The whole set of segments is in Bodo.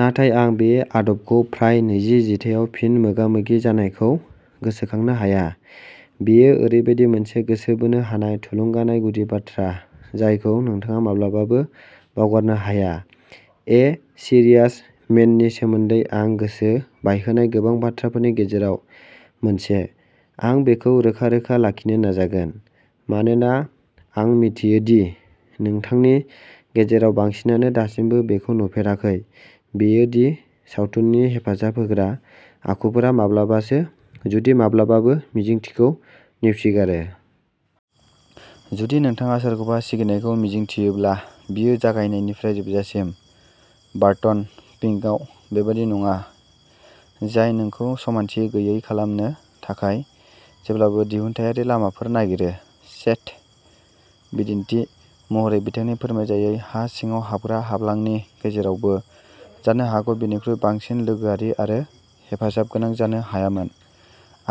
नाथाय आं बे आदबखौ फ्राय नैजि जिथाइआव फिन मोगा-मोगि जानायखौ गोसोखांनो हाया। बेयो ओरैबायदि मोनसे गोसो बोनो हानाय, थुलुंगानाय गुदि बाथ्रा जायखौ नोंथाङा माब्लाबाबो बावगारनो हाया। ए सीरियास मेननि सोमोन्दै आं गोसो बायहोनाय गोबां बाथ्राफोरनि गेजेराव मोनसे-आं बेखौ रोखा-रोखा लाखिनो नाजागोन, मानोना आं मिथियो दि नोंथांनि गेजेराव बांसिनानो दासिमबो बेखौ नुफेराखै-बेयो दि सावथुननि हेफाजाब होग्रा आखुफोरा माब्लाबासो, जुदि माब्लाबाबो, मिजिंथिखौ नेवसिगारो। जुदि नोंथाङा सोरखौबा सिगिनायखौ मिजिंथियोब्ला, बियो जागायनायनिफ्राय जोबजासिम। बार्टन फिंकआव बेबादि नङा, जाय नोंखौ समानथि गैयै लाखिनो थाखाय जेब्लाबो दिहुनथायारि लामाफोर नागिरो। चेट!, बिदिन्थि महरै, बिथांनि फोरमायजायै हा सिङाव हाबग्रा हाब्लांनि गेजेरावबो, जानो हागौ बिनिख्रुइ बांसिन लोगोआरि आरो हेफाजाबगोनां जानो हायामोन,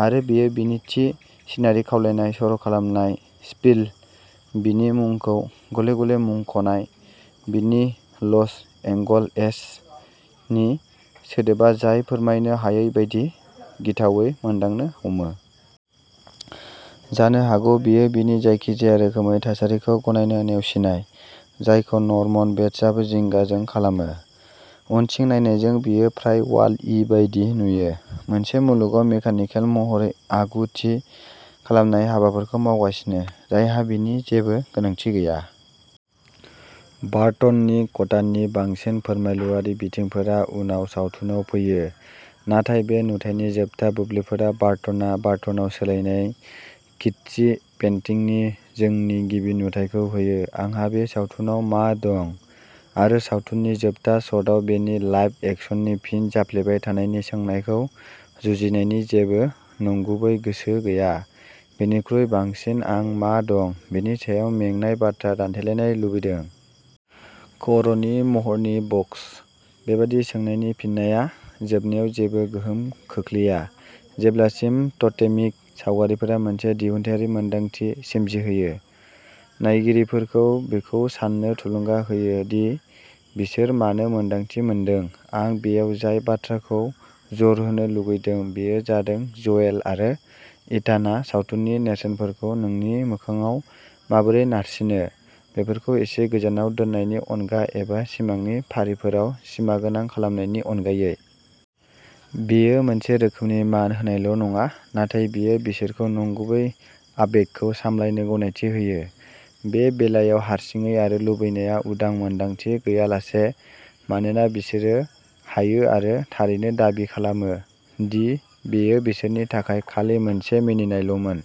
आरो बेयो बिनि थि सिनारि खावलायनाय-सर'खालामनाय स्पिल, बिनि मुंखौ गले-गले मुंख'नाय, बिनि "लस एंगल-एस" नि सोदोबा-जाय फोरमायनो हायै बायदि गिथावै मोनदांनो हमो। जानो हागौ बेयो बिनि जायखिजाया रोखोमै थासारिखौ गनायनो नेवसिनाय, जायखौ नर्मन बेट्सआबो जिंगाजों खालामो। उनथिं नायनायजों, बियो फ्राय वाल-इ बायदि नुयो, मोनसे मुलुगाव मेकानिकेल महरै आगु-थि खालामनाय हाबाफोरखौ मावगासिनो जायहा बिनि जेबो गोनांथि गैया। बार्टननि खथानि बांसिन फोरमायलुआरि बिथिंफोरा उनाव सावथुनाव फैयो, नाथाय बे नुथायनि जोबथा बुब्लिफोरा बार्टनआ बार्टनाव सोलायनाय किट्ची पेन्टिंनि जोंनि गिबि नुथायखौ होयो। आंहा बे सावथुनाव मा दं, आरो सावथुननि जोबथा शटआव बेनि लाइभ-एक्शननि फिन जाफ्लेबाय थानायनि सोंनायखौ जुजिनायनि जेबो नंगुबै गोसो गैया, बेनिख्रुइ बांसिन आं मा दं बेनि सायाव मेंनाय बाथ्रा दान्थेलायनाय लुबैदों। खर'नि महरनि बक्स। बेबादि सोंनायनि फिननाया जोबनायाव जेबो गोहोम खोख्लैया, जेब्लासिम टटेमिक सावगारिफोरा मोनसे दिहुनथायारि मोनदांथि सोमजिहोयो, नायगिरिफोरखौ बेखौ साननो थुलुंगा होयो दि बिसोर मानो मोन्दांथि मोनदों। आं बेयाव जाय बाथ्राखौ जर होनो लुगैदों बेयो जादों ज'येल आरो इथानआ सावथुननि नेरसोनफोरखौ नोंनि मोखांआव माबोरै नारसिनो, बेफोरखौ एसे गोजानाव दोननायनि अनगा एबा सिमांनि फारिफोराव सिमागोनां खालामनायनि अनगायै। बेयो मोनसे रोखोमनि मान होनायल'नङा, नाथाय बेयो बिसोरखौ नंगुबै आबेगखौ सामलायनो गनायथि होयो-बे बेलायाव, हारसिङै आरो लुबैनाया-उदां मोनदांथि गैयालासे, मानोना बिसोरो हायो आरो थारैनो दाबि खालामो दि बेयो बिसोरनि थाखाय खालि मोनसे मिनिनायल'मोन।